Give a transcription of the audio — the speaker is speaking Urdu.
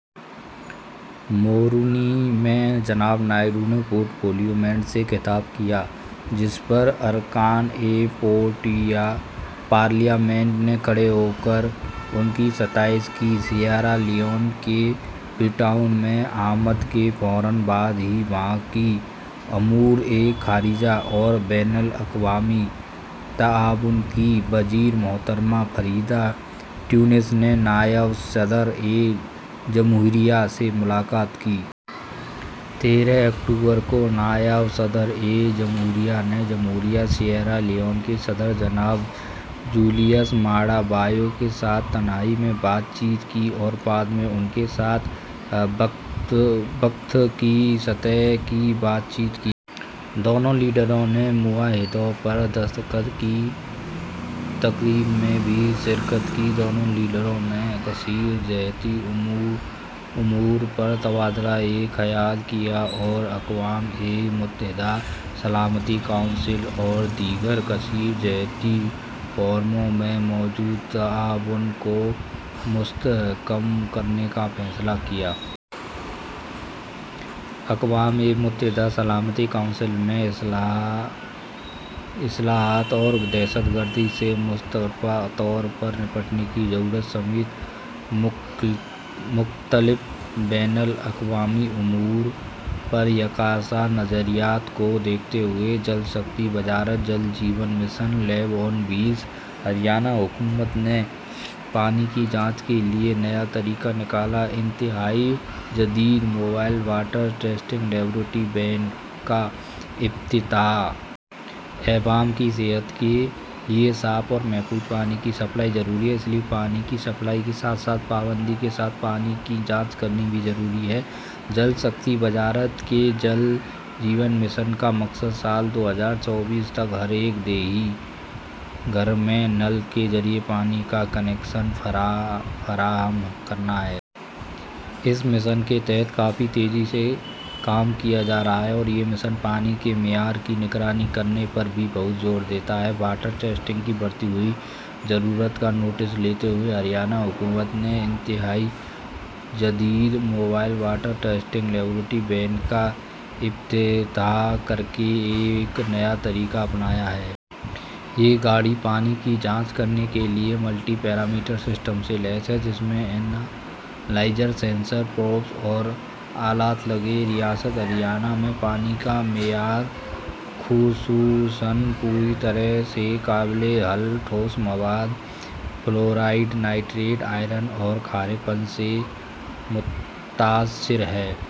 مورونی میں جناب نائیڈو نے پارلیمنٹ سے خطاب کیا، جس پر ارکان پارلیمنٹ نے کھڑے ہو کر ان کی ستائش کی۔ سیئرالیون کے فری ٹاؤن میں آمد کے فوراً بعد ہی وہاں کی امور خارجہ اور بین الاقوامی تعاون کی وزیر محترمہ فریدا تیونس نے نائب صدر جمہوریہ سے ملاقات کی۔ تیرہ اکتوبر کو نائب صدر جمہوریہ نے جمہوریہ سیئرالیون کے صدر جناب جیولیس مادابیو کے ساتھ تنہائی میں بات چیت کی اور بعد میں ان کے ساتھ وفد کی سطح کی بات چیت کی۔ دونوں لیڈروں نے معاہدوں پر دستخط کی تقریب میں بھی شرکت کی۔ دونوں لیڈروں نے کثیر جہتی امور پر تبادلہ خیال کیا اور اقوام متحدہ سلامتی کونسل اور دیگر کثیر جہتی فورموں میں موجودہ تعاون کو مستحکم کرنے کا فیصلہ کیا۔ اقوام متحدہ سلامتی کونسل میں اصلاحات اور دہشت گردی سے مشترکہ طور پر نمٹنے کی ضرورت سمیت مختلف بین الاقوامی امور پر یکساں نظریات کو دیکھتے ہوئے۔ جل شکتی وزارت Jal Jeevan mission: lab on wheels Haryana حکومت نے پانی کی جانچ کے لیے نیا طریقہ نکالا: انتہائی جدید mobile water testing laboratory van کا افتتاح۔ عوام کی صحت کے لیے صاف اور محفوظ پانی کی سپلائی ضروری ہے، اس لیے پانی کی سپلائی کے ساتھ ساتھ پابندی کے ساتھ پانی کی جانچ کرنی بھی ضروری ہے۔ جل شکتی وزارت کے جل جیون مشن کا مقصد سال دو ہزار چوبیس تک ہر ایک دیہی گھر میں نل کے ذریعے پانی کا کنکشن فراہم کرنا ہے۔ اس مشن کے تحت کافی تیزی سے کام کیا جا رہا ہے اور یہ مشن پانی کے معیار کی نگرانی کرنے پر بھی بہت زور دیتا ہے۔ واٹر ٹیسٹنگ کی بڑھتی ہوئی ضرورت کا نوٹس لیتے ہوئے ہریانہ حکومت نے انتہائی جدید mobile water testing laboratory van کا افتتاح کرکے ایک نیا طریقہ اپنایا ہے۔ یہ گاڑی پانی کی جانچ کرنے کے لیے ملٹی پیرامیٹر سسٹم سے لیس ہے، جس میں اینالائزر، سینسر، پروبس اور آلات لگے ہیں۔ ریاست ہریانہ میں پانی کا معیار خاص طور پر پوری طرح سے قابل حل ٹھوس مادے، فلورائیڈ، نائٹریٹ، آئرن اور کھارے پن سے متاثر ہے۔